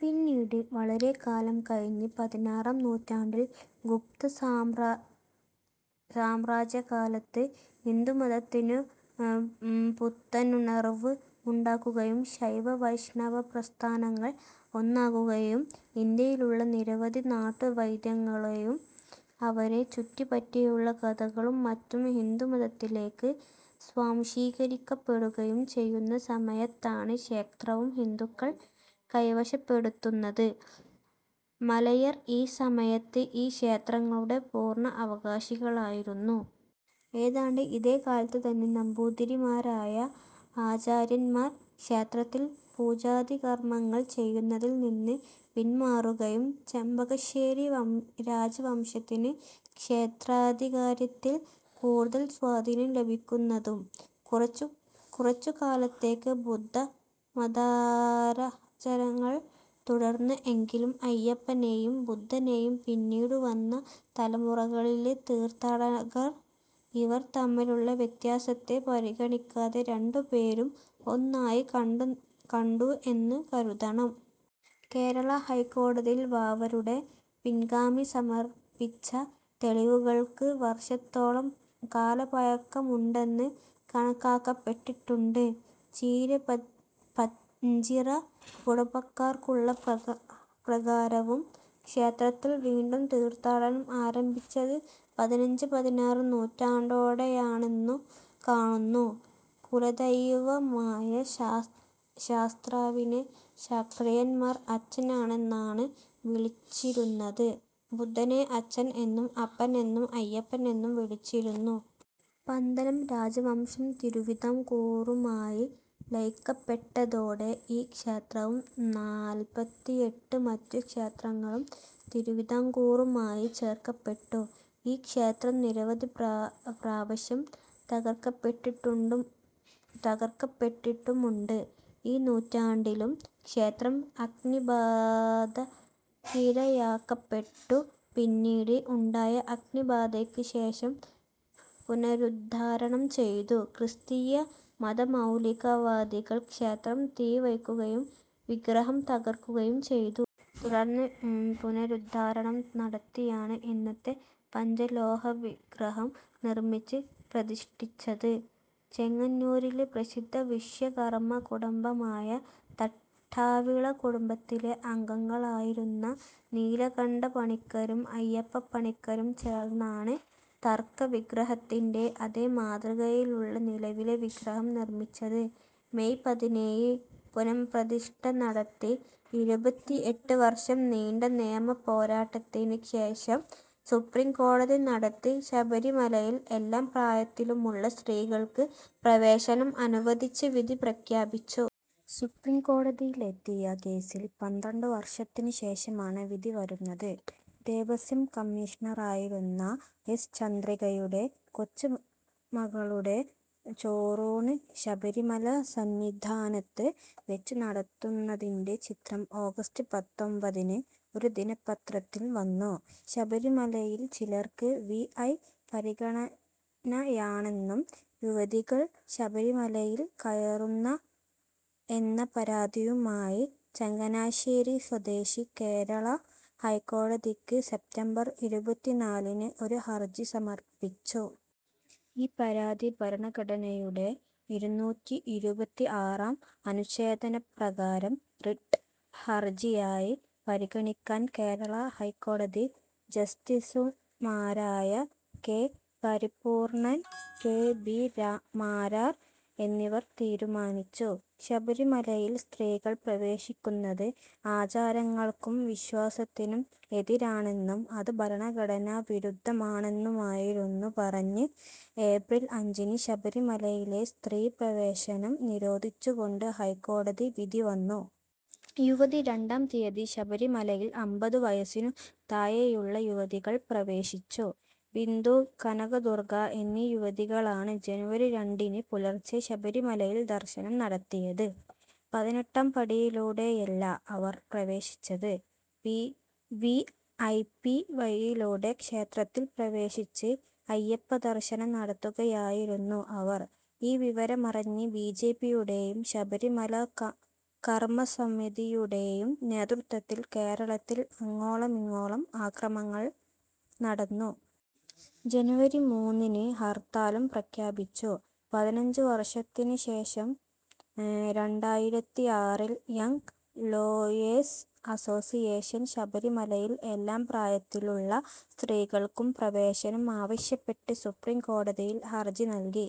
പിന്നീട് വളരെക്കാലം കഴിഞ്ഞ് പതിനാറാം നൂറ്റാണ്ടിൽ ഗുപ്ത സാമ്രാജ്യത്ത് സാമ്രാജ്യകാലത്ത് ഹിന്ദുമതത്തിനു പുത്തനുണർവ്വ് ഉണ്ടാകുകയും ശൈവ വൈഷ്ണവ പ്രസ്ഥാനങ്ങൾ ഒന്നാകുകയും ഇന്ത്യയിലുള്ള നിരവധി നാട്ടു ദൈവങ്ങളെയും അവരെ ചുറ്റുപ്പറ്റിയുള്ള കഥകളും മറ്റും ഹിന്ദുമതത്തിലേക്ക് സ്വാംശീകരിക്കപ്പെടുകയും ചെയ്യുന്ന സമയത്താണ് ഈ ക്ഷേത്രവും ഹിന്ദുക്കൾ കൈവശപ്പെടുത്തുന്നത്. മലയർ ഈ സമയർത്ത് ഈ ക്ഷേത്രങ്ങളുടെ പൂർണ്ണ അവകാശികളായിരുന്നു. ഏതാണ്ട് ഇതേ കാലത്ത് തന്നെ നമ്പൂതിരിമാരായ ആചാര്യന്മാർ ക്ഷേത്രത്തിൽ പൂജാദികർമ്മങ്ങൾ ചെയ്യുന്നതിൽ നിന്ന് പിന്മാറുകയും ചെമ്പകശ്ശേരി രാജവംശത്തിന് ക്ഷേത്രാധികാരത്തിൽ കൂടുതൽ സ്വാധീനം ലഭിക്കുന്നതും. കുറച്ചു കാലത്തേക്ക് ബുദ്ധമതാരചങ്ങൾ തുടർന്നു എങ്കിലും അയ്യപ്പനേയും ബുദ്ധനേയും പിന്നീടു വന്ന തലമുറകളിലെ തീർത്ഥാടകർ ഇവർ തമ്മിലുള്ള വ്യത്യാസത്തെ പരിഗണിക്കാതെ രണ്ടുപേരും ഒന്നായി കണ്ടു എന്നു കരുതണം. കേരള ഹൈക്കോടതിയിൽ വാവരുടെ പിൻഗാമി സമർപ്പിച്ച തെളിവുകൾക്ക് വർഷത്തോളം കാലപഴക്കമുണ്ടെന്ന് കണക്കാക്കപ്പെട്ടിട്ടുണ്ട്. ചീരപ്പഞ്ചിറ കുടുംബർക്കുള്ള പ്രകാരവും ക്ഷേത്രത്തിൽ വീണ്ടും തീർത്ഥാടനം ആരംഭിച്ചത് പതിനഞ്ച് - പതിനാറ് നൂറ്റാണ്ടോടെയാണെന്നു കാണുന്നു. കുലദൈവമായ ശാസ്താവിനെ ക്ഷത്രിയന്മാർ അച്ഛനെന്നാണ് വിളിച്ചിരുന്നത്. ബുദ്ധനെ അച്ഛൻ എന്നും അപ്പൻ എന്നും അയ്യൻ എന്നും വിളിച്ചിരുന്നു. പന്തലം രാജവംശം തിരുവിതാം കൂറുമായി ലയിക്കപ്പെട്ടതോടെ ഈ ക്ഷേത്രവും നാല്പത്തിഎട്ട് മറ്റു ക്ഷേത്രങ്ങളും തിരുവിതാംകൂറുമായി ചേർക്കപ്പെട്ടു. ഈ ക്ഷേത്രം നിരവധി പ്രവേ പ്രാവശ്യം തകർക്കപ്പെട്ടിട്ടുമുണ്ട്. ഈ നൂറ്റാണ്ടിലും ക്ഷേത്രം അഗ്നിബാധക്കിരയാക്കപ്പെട്ടു പിന്നീട് ഉണ്ടായ അഗ്നിബാധക്ക് ശേഷം പുനരുദ്ധാരണം ചെയ്തു. ക്രിസ്തീയ മതമൗലികവാദികൾ ക്ഷേത്രം തീവയ്ക്കുകയും വിഗ്രഹം തകർക്കുകയും ചെയ്തു. തുടർന്ന് പുനരുദ്ധാരണം നടത്തിയാണ് ഇന്നത്തെ പഞ്ചലോഹവിഗ്രഹം നിർമ്മിച്ച് പ്രതിഷ്ഠിച്ചത്. ചെങ്ങന്നൂരിലെ പ്രസിദ്ധ വിശ്വകർമ്മ കുടുംബമായ തട്ടാവിള കുടുംബത്തിലെ അംഗങ്ങളായിരുന്ന നീലകണ്ഠപണിക്കരും അയ്യപ്പപ്പണിക്കരും ചേർന്നാണ് തകർത്ത വിഗ്രഹത്തിന്റെ അതേ മാതൃകയിലുള്ള നിലവിലെ വിഗ്രഹം നിർമ്മിച്ചത്. മേയ് പതിനേഴിന് പുനഃപ്രതിഷ്ഠ നടത്തി. ഇരുപത്തിഎട്ട് വർഷം നീണ്ട നിയമപോരാട്ടത്തിന് ശേഷം സുപ്രീം കോടതി ശബരിമലയിൽ എല്ലാം പ്രായത്തിലുമുള്ള സ്ത്രീകൾക്ക് പ്രവേശനം അനുവദിച്ച് വിധി പ്രഖ്യാപിച്ചു. സുപ്രീംകോടതിയിലെത്തിയ കേസിൽ പന്ത്രണ്ട് വർഷത്തിന് ശേഷമാണ് വിധി വരുന്നത്. ദേവസ്വം കമ്മീഷണറായിരുന്ന എസ്. ചന്ദ്രികയുടെ കൊച്ചുമകളുടെ ചോറൂണ് ശബരിമല സന്നിധാനത്ത് വെച്ച് നടത്തുന്നതിന്റെ ചിത്രം ഓഗസ്റ്റ് പത്തൊമ്പതിന് ഒരു ദിനപത്രത്തിൽ വന്നു. ശബരിമലയിൽ ചിലർക്ക് വി. ഐ. പരിഗണനയാണെന്നും യുവതികൾ ശബരിമലയിൽ കയറുന്നു എന്ന പരാതിയിയുമായി ചങ്ങനാശേരി സ്വദേശി കേരള ഹൈക്കോടതിക്ക് സെപ്റ്റംബർ ഇരുപത്തിനാലിന് ഒരു ഹർജി സമർപ്പിച്ചു. ഈ പരാതി ഭരണഘടനയുടെ ഇരുനൂറ്റിഇരുപത്തിആറാം അനുഛേദപ്രകാരം റിട്ട് ഹർജിയായി പരിഗണിക്കാൻ കേരള ഹൈക്കോതി ജസ്റ്റിസുമാരായ K. Paripoornan, K. B. Marar എന്നിവർ തീരുമാനിച്ചു. ശബരിമലയിൽ സ്ത്രീകൾ പ്രവേശിക്കുന്നത് ആചാരങ്ങൾക്കും വിശ്വാസത്തിനും എതിരാണെന്നും അത് ഭരണഘടനാ വിരുദ്ധമാണെന്നുമായിരുന്നു പറഞ്ഞ് ഏപ്രിൽ അഞ്ചിന് ശബരിമലയിലെ സ്ത്രീപ്രവേശനം നിരോധിച്ചുകൊണ്ട് ഹൈക്കോടതി വിധി വന്നു. ജനുവരി രണ്ടാം തീയതി ശബരിമലയിൽ അമ്പതു വയസിനു താഴെയുള്ള യുവതികൾ പ്രവേശിച്ചു. ബിന്ദു, കനകദുർഗ്ഗ എന്നീ യുവതികളാണ് ജനുവരി രണ്ടിന് പുലർച്ചെ ശബരിമലയിൽ ദർശനം നടത്തിയത്. പതിനെട്ടാംപടിയിലൂടെയല്ല അവർ പ്രവേശിച്ചത്. വിഐപി വഴിയിലൂടെ ക്ഷേത്രത്തിൽ പ്രവേശിച്ച് അയ്യപ്പദർശനം നടത്തുകയായിരുന്നു അവർ. ഈ വിവരമറിഞ്ഞ് ബിജെപിയുടെയും ശബരിമല കർമ്മസമിതിയുടെയും നേതൃത്വത്തിൽ കേരളത്തിൽ അങ്ങോളമിങ്ങോളം അക്രമങ്ങൾ നടന്നു. ജനുവരി മൂന്നിന് ഹർത്താലും പ്രഖ്യാപിച്ചു. പതിനഞ്ച് വർഷത്തിന് ശേഷം രണ്ടായിരത്തിആറിൽ യംങ് ലോയേഴ്സ് അസോസിയേഷൻ ശബരിമലയിൽ എല്ലാ പ്രായത്തിലുള്ള സ്ത്രീകൾക്കും പ്രവേശനം ആവശ്യപ്പെട്ട് സുപ്രീംകോടതിയിൽ ഹർജി നൽകി.